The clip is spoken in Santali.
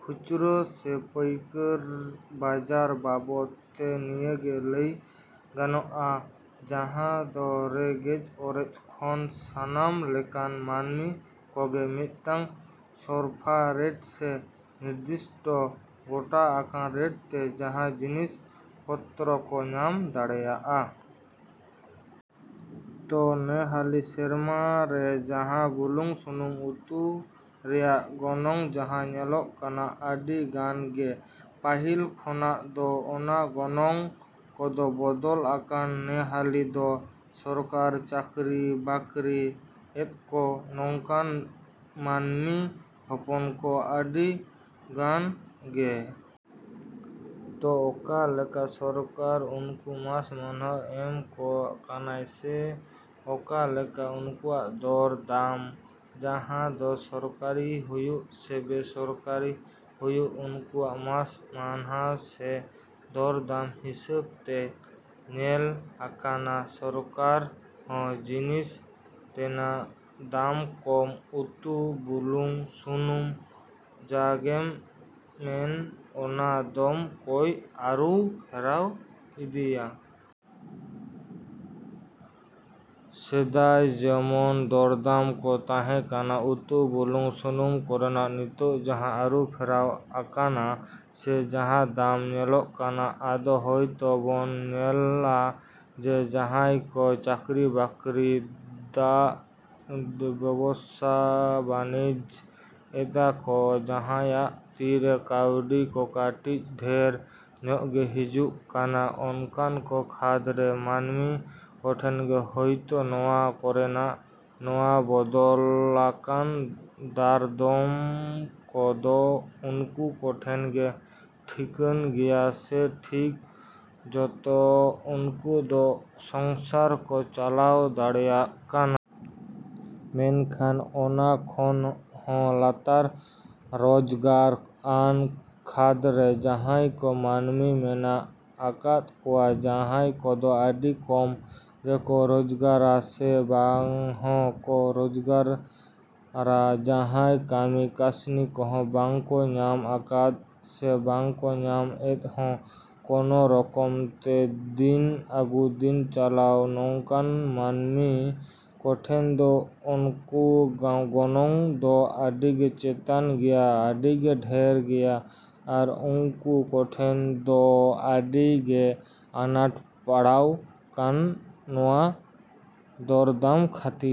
‎ᱠᱷᱩᱪᱨᱟᱹ ᱥᱮ ᱯᱟᱹᱭᱠᱟᱹᱨᱤ ᱵᱟᱡᱟᱨ ᱵᱟᱵᱚᱫᱽ ᱛᱮ ᱱᱤᱭᱟᱹ ᱜᱮ ᱞᱟᱹᱭ ᱜᱟᱱᱚᱜᱼᱟ ᱡᱟᱦᱟᱸ ᱫᱚ ᱨᱮᱸᱜᱮᱡ ᱚᱨᱮᱡ ᱠᱷᱚᱱ ᱥᱟᱱᱟᱢ ᱞᱮᱠᱟᱱ ᱢᱟᱹᱱᱢᱤ ᱠᱚᱜᱮ ᱢᱤᱫᱴᱟᱝ ᱥᱚᱨᱯᱷᱟ ᱨᱮᱴ ᱥᱮ ᱱᱤᱨᱫᱤᱥᱴᱚ ᱜᱚᱴᱟ ᱟᱠᱟᱱ ᱨᱮᱴ ᱛᱮ ᱡᱟᱦᱟᱸ ᱡᱤᱱᱤᱥ ᱯᱚᱛᱨᱚ ᱠᱚ ᱧᱟᱢ ᱫᱟᱲᱮᱭᱟᱜᱼᱟ᱾ ᱛᱚ ᱱᱮᱦᱟᱹᱞᱤ ᱥᱮᱨᱢᱟ ᱨᱮ ᱡᱟᱦᱟᱸ ᱵᱩᱞᱩᱝ ᱥᱩᱱᱩᱢ ᱩᱛᱩ ᱨᱮᱭᱟᱜ ᱜᱚᱱᱚᱝ ᱡᱟᱦᱟᱸ ᱧᱮᱞᱚᱜᱚᱜ ᱠᱟᱱᱟ ᱟᱹᱰᱤ ᱜᱟᱱ ᱜᱮ ᱯᱟᱹᱦᱤᱞ ᱠᱷᱚᱱᱟᱜ ᱫᱚ ᱚᱱᱟ ᱜᱚᱱᱚᱝ ᱠᱚᱫᱚ ᱵᱚᱫᱚᱞ ᱟᱠᱟᱱᱟ᱾ ᱱᱮᱦᱟᱹᱞᱤ ᱫᱚ ᱥᱚᱨᱠᱟᱨ ᱪᱟᱠᱨᱤ ᱵᱟᱠᱨᱤ ᱮᱫᱟᱠᱚ ᱱᱚᱝᱠᱟᱱ ᱢᱟᱹᱱᱢᱤ ᱦᱚᱯᱚᱱ ᱠᱚ ᱟᱹᱰᱤ ᱜᱟᱱ ᱜᱮ᱾ ᱛᱚ ᱚᱠᱟ ᱞᱮᱠᱟ ᱥᱚᱨᱠᱟᱨ ᱩᱱᱠᱩ ᱢᱟᱥ ᱢᱟᱹᱦᱱᱟᱹᱭ ᱮᱢᱟ ᱠᱚ ᱠᱟᱱᱟᱭ ᱥᱮ ᱚᱠᱟ ᱞᱮᱠᱟ ᱩᱱᱠᱩᱣᱟᱜ ᱫᱚᱨ ᱫᱟᱢ ᱡᱟᱦᱟᱸ ᱫᱚ ᱥᱚᱨᱠᱟᱨᱤ ᱦᱩᱭᱩᱜ ᱥᱮ ᱵᱮᱼᱥᱚᱨᱠᱟᱨᱤ ᱦᱩᱭᱩᱜ ᱩᱱᱠᱩᱣᱟᱜ ᱢᱟᱹᱥ ᱢᱟᱹᱦᱱᱟᱹ ᱥᱮ ᱫᱚᱨ ᱫᱟᱢ ᱦᱤᱸᱥᱟᱹᱵ ᱛᱮ ᱧᱮᱞ ᱟᱠᱟᱱᱟ ᱥᱚᱨᱠᱟᱨ ᱦᱚᱸ ᱡᱤᱱᱤᱥ ᱨᱮᱱᱟᱜ ᱫᱟᱢ ᱠᱚ ᱩᱛᱩ ᱵᱩᱞᱩᱝ ᱥᱩᱱᱩᱢ ᱡᱟ ᱜᱮᱢ ᱢᱮᱱ ᱚᱱᱟ ᱫᱟᱢ ᱠᱚᱭ ᱟᱹᱨᱩ ᱯᱷᱮᱨᱟᱣ ᱤᱫᱤᱭᱟ᱾ ᱥᱮᱫᱟᱭ ᱡᱮᱢᱚᱱ ᱫᱚᱨᱫᱟᱢ ᱠᱚ ᱛᱟᱦᱮᱸ ᱠᱟᱱᱟ ᱩᱛᱩ ᱵᱩᱞᱩᱝ ᱥᱩᱱᱩᱢ ᱠᱚᱨᱮᱱᱟᱜ ᱱᱤᱛᱳᱜ ᱡᱟᱦᱟᱸ ᱟᱹᱨᱩᱯᱷᱮᱨᱟᱣ ᱟᱠᱟᱱᱟ ᱥᱮ ᱡᱟᱦᱟᱸ ᱫᱟᱢ ᱧᱮᱞᱚᱜ ᱠᱟᱱᱟ ᱟᱫᱚ ᱦᱳᱭ ᱛᱚ ᱵᱚᱱ ᱧᱮᱞᱟ ᱡᱮ ᱡᱟᱦᱟᱸᱭ ᱠᱚ ᱪᱟᱠᱨᱤ ᱵᱟᱠᱨᱤᱭ ᱫᱟ ᱵᱮᱵᱥᱟ ᱵᱟᱱᱤᱡᱽ ᱮᱫᱟᱠᱚ ᱡᱟᱦᱟᱸᱭᱟᱜ ᱛᱤᱨᱮ ᱠᱟᱹᱣᱰᱤ ᱠᱚ ᱠᱟᱹᱴᱤᱡ ᱰᱷᱮᱨ ᱧᱚᱜ ᱜᱮ ᱦᱤᱡᱩᱜ ᱠᱟᱱᱟ ᱚᱱᱠᱟᱱ ᱠᱚ ᱠᱷᱟᱹᱫᱽ ᱨᱮᱱ ᱢᱟᱹᱱᱢᱤ ᱠᱚᱴᱷᱮᱱ ᱜᱮ ᱦᱳᱭᱛᱚ ᱱᱚᱣᱟ ᱠᱚᱨᱮᱱᱟᱜ ᱱᱚᱣᱟ ᱵᱚᱫᱚᱞᱟᱠᱟᱱ ᱫᱚᱨᱫᱟᱢ ᱠᱚ ᱫᱚ ᱩᱱᱠᱩ ᱠᱚᱴᱷᱮᱱ ᱜᱮ ᱴᱷᱤᱠᱟᱹᱱ ᱜᱮᱭᱟ ᱥᱮ ᱴᱷᱤᱠ ᱢᱚᱛᱚ ᱩᱱᱠᱩ ᱫᱚ ᱥᱚᱝᱥᱟᱨ ᱠᱚ ᱪᱟᱞᱟᱣ ᱫᱟᱲᱮᱭᱟᱜ ᱠᱟᱱᱟ᱾ ᱢᱮᱱᱠᱷᱟᱱ ᱚᱱᱟ ᱠᱷᱚᱱ ᱦᱚᱸ ᱞᱟᱛᱟᱨ ᱨᱚᱡᱽᱜᱟᱨ ᱟᱱ ᱠᱷᱟᱹᱫᱽ ᱨᱮ ᱡᱟᱦᱟᱸᱭ ᱠᱚ ᱢᱟᱹᱱᱢᱤ ᱢᱮᱱᱟᱜ ᱟᱠᱟᱫ ᱠᱚᱣᱟ ᱡᱟᱦᱟᱸᱭ ᱠᱚᱫᱚ ᱟᱹᱰᱤ ᱠᱚᱢ ᱜᱮᱠᱚ ᱨᱚᱡᱽᱜᱟᱨᱟ ᱥᱮ ᱵᱟᱝ ᱦᱚᱸ ᱠᱚ ᱨᱚᱡᱽᱜᱟᱨᱟ ᱡᱟᱦᱟᱸᱭ ᱠᱟᱹᱢᱤ ᱠᱟᱥᱱᱤ ᱠᱚᱦᱚᱸ ᱵᱟᱝ ᱠᱚ ᱧᱟᱢ ᱟᱠᱟᱫᱟ ᱥᱮ ᱵᱟᱝ ᱠᱚ ᱧᱟᱢ ᱮᱫᱟ ᱦᱮᱸ ᱠᱳᱱᱳ ᱨᱚᱠᱚᱢ ᱛᱮ ᱫᱤᱱ ᱟᱜᱩ ᱫᱤᱱ ᱪᱟᱞᱟᱣ ᱱᱚᱝᱠᱟᱱ ᱢᱟᱹᱱᱢᱤ ᱠᱚᱴᱷᱮᱱ ᱫᱚ ᱚᱱᱟ ᱠᱚ ᱜᱚᱱᱚᱝ ᱫᱚ ᱟᱹᱰᱤᱜᱮ ᱪᱮᱛᱟᱱ ᱜᱮᱭᱟ ᱟᱹᱰᱤᱜᱮ ᱰᱷᱮᱨ ᱜᱮᱭᱟ ᱟᱨ ᱩᱝᱠᱩ ᱠᱚᱴᱷᱮᱱ ᱫᱚ ᱟᱹᱰᱤ ᱜᱮ ᱟᱱᱟᱴ ᱯᱟᱲᱟᱜ ᱠᱟᱱᱟ ᱱᱚᱣᱟ ᱫᱚᱨᱫᱟᱢ ᱠᱷᱟᱹᱛᱤᱨ᱾